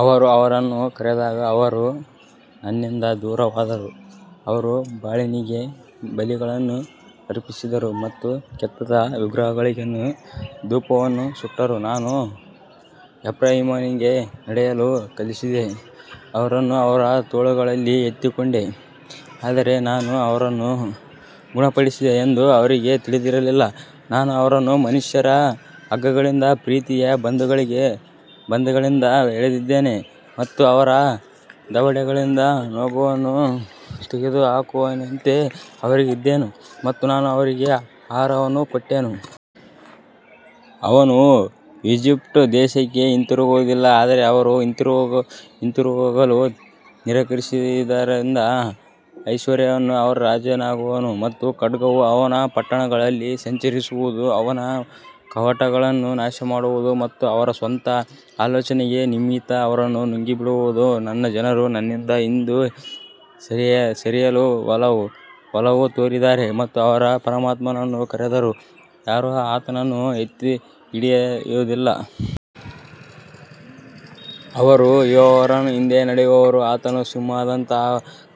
ಅವರು ಅವರನ್ನು ಕರೆದಾಗ ಅವರು ನನ್ನಿಂದ ದೂರ ಹೋದರು, ಅವರು ಬಾಳನಿಗೆ ಬಲಿಗಳನ್ನು ಅರ್ಪಿಸಿದರು ಮತ್ತು ಕೆತ್ತಿದ ವಿಗ್ರಹಗಳಿಗೆ ಧೂಪವನ್ನು ಸುಟ್ಟರು. ನಾನು ಎಫ್ರಾಯೀಮನಿಗೆ ನಡೆಯಲು ಕಲಿಸಿದೆ, ಅವರನ್ನು ಅವರ ತೋಳುಗಳಲ್ಲಿ ಎತ್ತಿಕೊಂಡೆ, ಆದರೆ ನಾನು ಅವರನ್ನು ಗುಣಪಡಿಸಿದೆ ಎಂದು ಅವರಿಗೆ ತಿಳಿದಿರಲಿಲ್ಲ. ನಾನು ಅವರನ್ನು ಮನುಷ್ಯರ ಹಗ್ಗಗಳಿಂದ, ಪ್ರೀತಿಯ ಬಂಧಗಳಿಂದ ಎಳೆದಿದ್ದೇನೆ, ಮತ್ತು ಅವರ ದವಡೆಗಳಿಂದ ನೊಗವನ್ನು ತೆಗೆದುಹಾಕುವವನಂತೆ ಅವರಿಗೆ ಇದ್ದೆನು, ಮತ್ತು ನಾನು ಅವರಿಗೆ ಆಹಾರವನ್ನು ಕೊಟ್ಟೆನು. ಅವನು ಈಜಿಪ್ಟ್ ದೇಶಕ್ಕೆ ಹಿಂತಿರುಗುವುದಿಲ್ಲ, ಆದರೆ ಅವರು ಹಿಂತಿರುಗಲು ನಿರಾಕರಿಸಿದ್ದರಿಂದ ಅಶ್ಶೂರ್ಯನು ಅವನ ರಾಜನಾಗುವನು, ಮತ್ತು ಖಡ್ಗವು ಅವನ ಪಟ್ಟಣಗಳಲ್ಲಿ ಸಂಚರಿಸುವುದು, ಅವನ ಕವಾಟಗಳನ್ನು ನಾಶಮಾಡುವುದು ಮತ್ತು ಅವರ ಸ್ವಂತ ಆಲೋಚನೆಗಳ ನಿಮಿತ್ತ ಅವರನ್ನು ನುಂಗಿಬಿಡುವುದು. ನನ್ನ ಜನರು ನನ್ನಿಂದ ಹಿಂದೆ ಸರಿಯಲು ಒಲವು ತೋರಿದ್ದಾರೆ, ಮತ್ತು ಅವರು ಪರಮಾತ್ಮನನ್ನು ಕರೆದರೂ ಯಾರೂ ಆತನನ್ನು ಎತ್ತಿಹಿಡಿಯುವುದಿಲ್ಲ. ಅವರು ಯೆಹೋವನ ಹಿಂದೆ ನಡೆಯುವರು, ಆತನು ಸಿಂಹದಂತೆ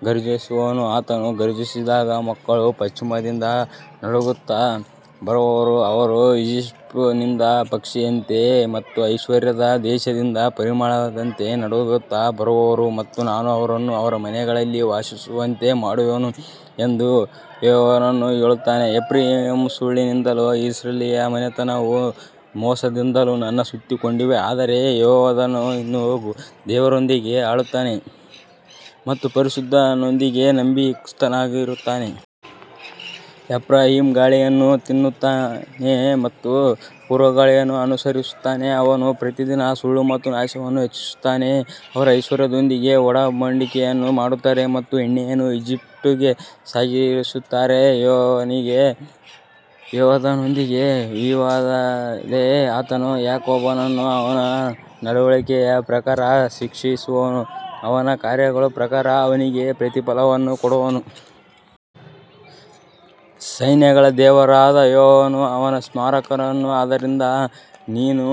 ಘರ್ಜಿಸುವನು, ಆತನು ಘರ್ಜಿಸಿದಾಗ ಮಕ್ಕಳು ಪಶ್ಚಿಮದಿಂದ ನಡುಗುತ್ತಾ ಬರುವರು. ಅವರು ಈಜಿಪ್ಟಿನಿಂದ ಪಕ್ಷಿಯಂತೆ ಮತ್ತು ಅಶ್ಶೂರದ ದೇಶದಿಂದ ಪಾರಿವಾಳದಂತೆ ನಡುಗುತ್ತಾ ಬರುವರು, ಮತ್ತು ನಾನು ಅವರನ್ನು ಅವರ ಮನೆಗಳಲ್ಲಿ ವಾಸಿಸುವಂತೆ ಮಾಡುವೆನು ಎಂದು ಯೆಹೋವನು ಹೇಳುತ್ತಾನೆ. ಎಫ್ರಾಯೀಮ್ ಸುಳ್ಳಿನಿಂದಲೂ ಇಸ್ರಾಯೇಲಿನ ಮನೆತನವು ಮೋಸದಿಂದಲೂ ನನ್ನನ್ನು ಸುತ್ತಿಕೊಂಡಿವೆ, ಆದರೆ ಯೆಹೂದನು ಇನ್ನೂ ದೇವರೊಂದಿಗೆ ಆಳುತ್ತಾನೆ ಮತ್ತು ಪರಿಶುದ್ಧನೊಂದಿಗೆ ನಂಬಿಗಸ್ತನಾಗಿರುತ್ತಾನೆ. ಎಫ್ರಾಯೀಮ್ ಗಾಳಿಯನ್ನು ತಿನ್ನುತ್ತಾನೆ ಮತ್ತು ಪೂರ್ವಗಾಳಿಯನ್ನು ಅನುಸರಿಸುತ್ತಾನೆ, ಅವನು ಪ್ರತಿದಿನ ಸುಳ್ಳು ಮತ್ತು ನಾಶವನ್ನು ಹೆಚ್ಚಿಸುತ್ತಾನೆ, ಅವರು ಅಶ್ಶೂರ್ಯರೊಂದಿಗೆ ಒಡಂಬಡಿಕೆಯನ್ನು ಮಾಡುತ್ತಾರೆ ಮತ್ತು ಎಣ್ಣೆಯನ್ನು ಈಜಿಪ್ಟಿಗೆ ಸಾಗಿಸುತ್ತಾರೆ. ಯೆಹೋವನಿಗೆ ಯೆಹೂದನೊಂದಿಗೆ ವಿವಾದವಿದೆ, ಆತನು ಯಾಕೋಬನನ್ನು ಅವನ ನಡವಳಿಕೆಯ ಪ್ರಕಾರ ಶಿಕ್ಷಿಸುವನು, ಅವನ ಕಾರ್ಯಗಳ ಪ್ರಕಾರ ಅವನಿಗೆ ಪ್ರತಿಫಲವನ್ನು ಕೊಡುವನು. ಸೈನ್ಯಗಳ ದೇವರಾದ ಯೆಹೋವನು ಅವನ ಸ್ಮಾರಕನು. ಆದದರಿಂದ ನೀನು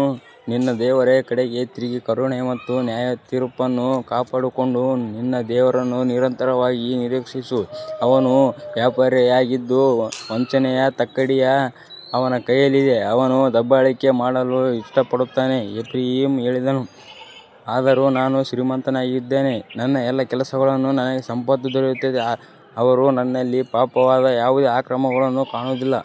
ನಿನ್ನ ದೇವರ ಕಡೆಗೆ ತಿರುಗಿ, ಕರುಣೆ ಮತ್ತು ನ್ಯಾಯತೀರ್ಪನ್ನು ಕಾಪಾಡಿಕೊಂಡು, ನಿನ್ನ ದೇವರನ್ನು ನಿರಂತರವಾಗಿ ನಿರೀಕ್ಷಿಸು. ಅವನು ವ್ಯಾಪಾರಿಯಾಗಿದ್ದು, ವಂಚನೆಯ ತಕ್ಕಡಿಯು ಅವನ ಕೈಯಲ್ಲಿದೆ, ಅವನು ದಬ್ಬಾಳಿಕೆ ಮಾಡಲು ಇಷ್ಟಪಡುತ್ತಾನೆ. ಎಫ್ರಾಯೀಮ್ ಹೇಳಿದನು, ಆದರೂ ನಾನು ಶ್ರೀಮಂತನಾಗಿದ್ದೇನೆ, ನನ್ನ ಎಲ್ಲಾ ಕೆಲಸಗಳಲ್ಲಿ ನನಗೆ ಸಂಪತ್ತು ದೊರೆತಿದೆ, ಅವರು ನನ್ನಲ್ಲಿ ಪಾಪವಾದ ಯಾವುದೇ ಅಕ್ರಮವನ್ನು ಕಾಣುವುದಿಲ್ಲ.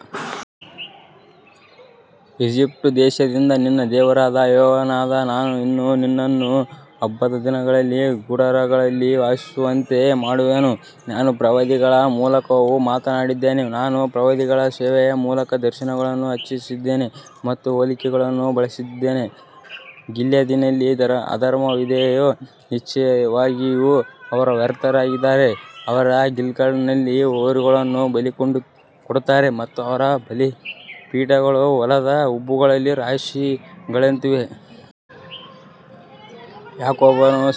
ಈಜಿಪ್ಟ್ ದೇಶದಿಂದ ನಿನ್ನ ದೇವರಾದ ಯೆಹೋವನಾದ ನಾನು ಇನ್ನೂ ನಿನ್ನನ್ನು ಹಬ್ಬದ ದಿನಗಳಲ್ಲಿ ಗುಡಾರಗಳಲ್ಲಿ ವಾಸಿಸುವಂತೆ ಮಾಡುವೆನು. ನಾನು ಪ್ರವಾದಿಗಳ ಮೂಲಕವೂ ಮಾತನಾಡಿದ್ದೇನೆ, ನಾನು ಪ್ರವಾದಿಗಳ ಸೇವೆಯ ಮೂಲಕ ದರ್ಶನಗಳನ್ನು ಹೆಚ್ಚಿಸಿದ್ದೇನೆ ಮತ್ತು ಹೋಲಿಕೆಗಳನ್ನು ಬಳಸಿದ್ದೇನೆ. ಗಿಲ್ಯಾದಿನಲ್ಲಿ ಅಧರ್ಮವಿದೆಯೇ, ನಿಶ್ಚಯವಾಗಿಯೂ ಅವರು ವ್ಯರ್ಥರಾಗಿದ್ದಾರೆ. ಅವರು ಗಿಲ್ಗಾಲಿನಲ್ಲಿ ಹೋರಿಗಳನ್ನು ಬಲಿಕೊಡುತ್ತಾರೆ, ಮತ್ತು ಅವರ ಬಲಿಪೀಠಗಳು ಹೊಲದ ಉಬ್ಬುಗಳಲ್ಲಿ ರಾಶಿಗಳಂತಿವೆ. ಯಾಕೋಬನು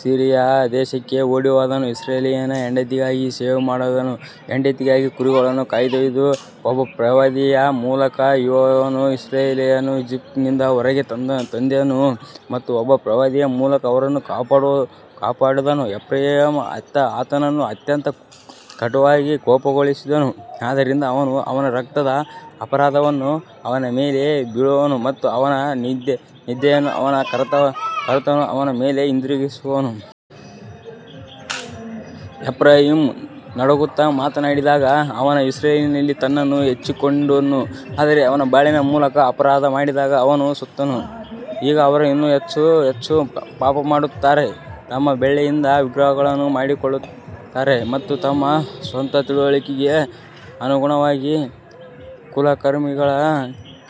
ಸಿರಿಯಾ ದೇಶಕ್ಕೆ ಓಡಿಹೋದನು, ಇಸ್ರಾಯೇಲನು ಹೆಂಡತಿಗಾಗಿ ಸೇವೆಮಾಡಿದನು, ಹೆಂಡತಿಗಾಗಿ ಕುರಿಗಳನ್ನು ಕಾಯ್ದನು. ಒಬ್ಬ ಪ್ರವಾದಿಯ ಮೂಲಕ ಯೆಹೋವನು ಇಸ್ರಾಯೇಲರನ್ನು ಈಜಿಪ್ಟಿನಿಂದ ಹೊರಗೆ ತಂದನು, ಮತ್ತು ಒಬ್ಬ ಪ್ರವಾದಿಯ ಮೂಲಕ ಅವರನ್ನು ಕಾಪಾಡಿದನು. ಎಫ್ರಾಯೀಮ್ ಆತನನ್ನು ಅತ್ಯಂತ ಕಟುವಾಗಿ ಕೋಪಗೊಳಿಸಿದನು, ಆದದರಿಂದ ಅವನು ಅವನ ರಕ್ತದ ಅಪರಾಧವನ್ನು ಅವನ ಮೇಲೆ ಬಿಡುವನು ಮತ್ತು ಅವನ ನಿಂದೆಯನ್ನು ಅವನ ಕರ್ತನು ಅವನ ಮೇಲೆ ಹಿಂದಿರುಗಿಸುವನು. ಎಫ್ರಾಯೀಮ್ ನಡುಗುತ್ತಾ ಮಾತನಾಡಿದಾಗ ಅವನು ಇಸ್ರಾಯೇಲಿನಲ್ಲಿ ತನ್ನನ್ನು ಹೆಚ್ಚಿಸಿಕೊಂಡನು, ಆದರೆ ಅವನು ಬಾಳನ ಮೂಲಕ ಅಪರಾಧ ಮಾಡಿದಾಗ ಅವನು ಸತ್ತನು. ಈಗ ಅವರು ಇನ್ನೂ ಹೆಚ್ಚು ಹೆಚ್ಚು ಪಾಪಮಾಡುತ್ತಾರೆ, ತಮ್ಮ ಬೆಳ್ಳಿಯಿಂದ ವಿಗ್ರಹಗಳನ್ನು ಮಾಡಿಕೊಳ್ಳುತ್ತಾರೆ ಮತ್ತು ತಮ್ಮ ಸ್ವಂತ ತಿಳುವಳಿಕೆಗೆ ಅನುಗುಣವಾಗಿ ಕುಶಲಕರ್ಮಿಗಳ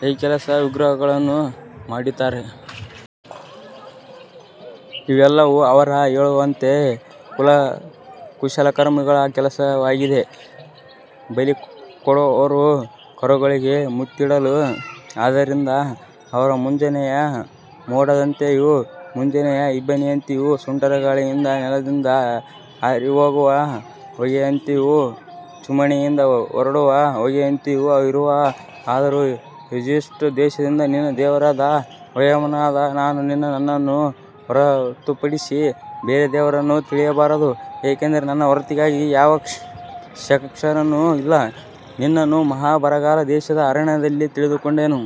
ಕೈಕೆಲಸದ ವಿಗ್ರಹಗಳನ್ನು ಮಾಡುತ್ತಾರೆ. ಇವೆಲ್ಲವೂ ಅವರೇ ಹೇಳುವಂತೆ ಕುಶಲಕರ್ಮಿಗಳ ಕೆಲಸವಾಗಿದೆ. ಬಲಿಕೊಡುವವರು ಕರುಗಳಿಗೆ ಮುತ್ತಿಡಲಿ. ಆದದರಿಂದ ಅವರು ಮುಂಜಾನೆಯ ಮೋಡದಂತೆಯೂ, ಮುಂಜಾನೆಯ ಇಬ್ಬನಿಯಂತೆಯೂ, ಸುಂಟರಗಾಳಿಯಿಂದ ನೆಲದಿಂದ ಹಾರಿಹೋಗುವ ಹೊಗೆಯಂತೆಯೂ, ಚಿಮಣಿಯಿಂದ ಹೊರಡುವ ಹೊಗೆಯಂತೆಯೂ ಇರುವರು. ಆದರೂ ಈಜಿಪ್ಟ್ ದೇಶದಿಂದ ನಿನ್ನ ದೇವರಾದ ಯೆಹೋವನಾದ ನಾನು, ನೀನು ನನ್ನನ್ನು ಹೊರತುಪಡಿಸಿ ಬೇರೆ ದೇವರನ್ನು ತಿಳಿಯಬಾರದು, ಏಕೆಂದರೆ ನನ್ನ ಹೊರತಾಗಿ ಯಾವ ರಕ್ಷಕನೂ ಇಲ್ಲ. ನಾನು ನಿನ್ನನ್ನು ಮಹಾ ಬರಗಾಲದ ದೇಶದಲ್ಲಿ, ಅರಣ್ಯದಲ್ಲಿ ತಿಳಿದುಕೊಂಡೆನು.